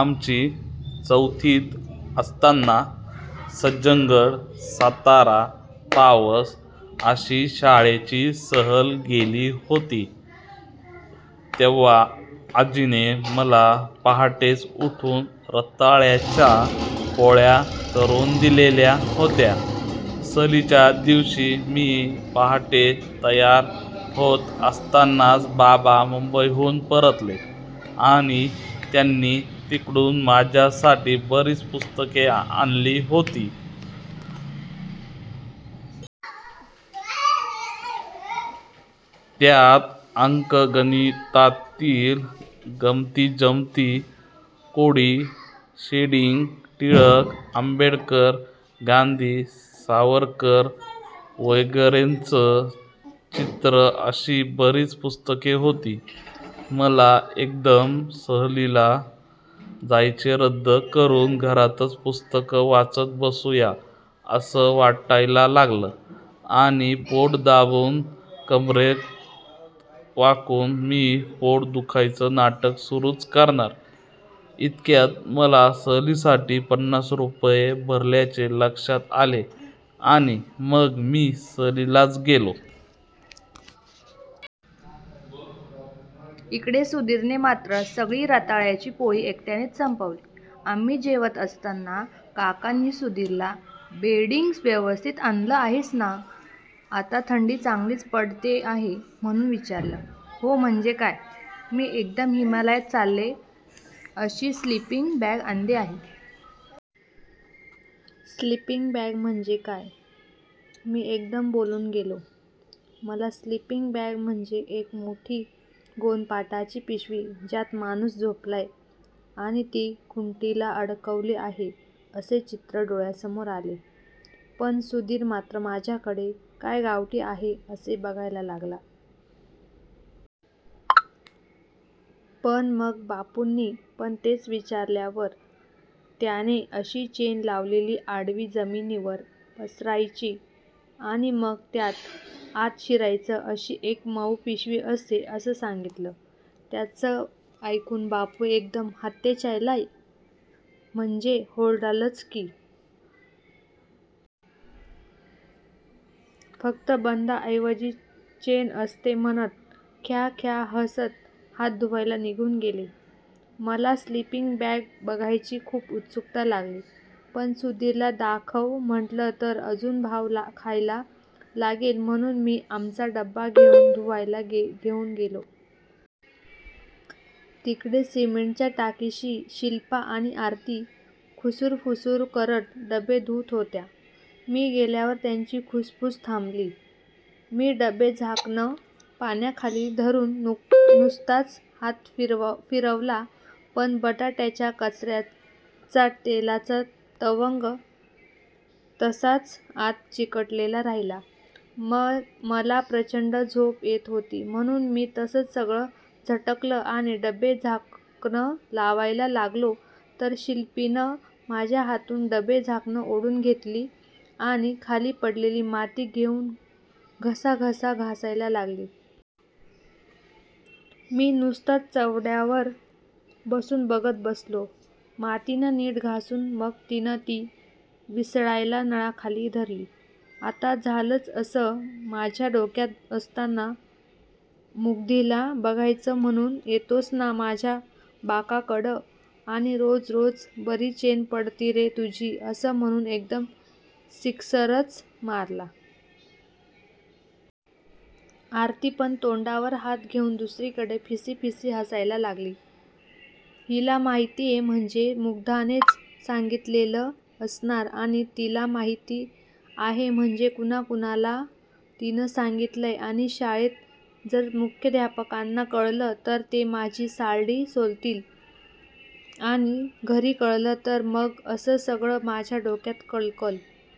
आमची चौथीत असताना सज्जनगड-सातारा-पावस अशी शाळेची सहल गेली होती तेव्हा आजीने मला पहाटेचं उठून रताळ्याच्या पोळ्या करुन दिलेल्या होत्या. सहलीच्या दिवशी मी पहाटे तयार होत असतानाच बाबा मुंबईहून परतले आणि त्यांनी तिकडून माझ्यासाठी बरीच पुस्तके आणली होती. त्यात अंकगणितातील गमतीजमती, कोडी, शेडिंग, टिळक-आंबेडकर-गांधी-सावरकर वगैरेंचं चरित्र अशी बरीच पुस्तके होती. मला एकदम सहलीला जायचे रद्द करुन घरातच पुस्तकं वाचत बसुया असं वाटायला लागलं आणि पोट दाबून, कमरेत वाकून, मी पोट दुखायचं नाटक सुरुच करणार इतक्यात मला सहलीसाठी पन्नास रुपये भरल्याचे लक्षात आले आणि मग मी सहलीलाच गेलो. इकडे सुधीरने मात्र सगळी रताळ्याची पोळी एकट्यानेच संपवली. आम्ही जेवत असताना काकांनी सुधीरला बेडिंग व्यवस्थित आणलं आहेस ना? आता थंडी चांगलीच पडते आहे म्हणुन विचारलं. हो म्हणजे काय? मी एकदम हिमालयात चालेल अशी स्लिपींग बॅग आणली आहे. स्लिपींग बॅग म्हणजे काय? मी एकदम बोलून गेलो. मला स्लिपींग बॅग म्हणजे एक मोठी गोणपाटाची पिशवी ज्यात माणुस झोपलाय आणि ती खुंटीला अडकवली आहे असे चित्र डोळ्यासमोर आले. पण सुधीर मात्र माझ्याकडे काय गावठी आहे असे बघायला लागला. पण मग बापूंनी पण तेच विचारल्यावर त्याने अशी चेन लावलेली आडवी जमिनीवर पसरायची आणि मग त्यात आत शिरायचं अशी एक मउ पिशवी असते असं सांगितलं. त्याचं ऐकून बापू एकदम हात्तेच्यायला, म्हणजे होल्डॉलच की. फक्त बंदाऐवजी चेन असं म्हणत ख्याख्या हसत हात धुवायला निघून गेले. मला स्लिपिंग बॅग बघायची खूप उत्सुकता लागली. पण सुधीरला दाखव म्हटलं तर अजून भाव खायला लागेल म्हणुन मी आमचा डबा घेउन धुवायला घेउन गेलो. तिकडे सिमेंटच्या टाकीशी शिल्पा आणि आरती खुसुरफुसुर करत डबे धूत होत्या. मी गेल्यावर त्यांची खुसफुस थांबली. मी डबे-झाकणं पाण्याखाली धरुन नुसताच हात फिरवला पण बटाट्याच्या काचऱ्यांचा तेलाचा तवंग तसाच आत चिकटलेला राहिला. मला प्रचंड झोप येत होती म्हणुन मी तसच सगळं झटकलं आणि डबे-झाकणं लावायला लागलो तर शिल्पीनं माझ्या हातून डबे-झाकणं ओढून घेतली आणि खाली पडलेली माती घेउन खसाखसा घासायला लागली. मी नुसताच चवड्यांवर बसून बघत बसलो. मातीनं नीट घासून मग तिनं ती विसळायला नळाखाली धरली. आता झालच असं माझ्या डोक्यात असताना मुग्धीला बघायचं म्हणुन येतोस ना माझ्या बाकाकडं आणि रोज रोज बरी चेन पडती रे तुझी असं म्हणुन एकदम सिक्सरच मारला. आरतीपण तोंडावर हात घेउन दुसरीकडे फिसीफिसी हसायला लागली. हिला माहितीये म्हणजे मुग्धानेच सांगितलेलं असणार आणि तिला माहिती आहे म्हणजे कुणाकुणाला तिनं सांगितलय आणि शाळेत जर मुख्याधापकांना कळलं तर ते माझी सालडी सोलतील आणि घरी कळलं तर मग असं सगळं माझ्या डोक्यात कलकल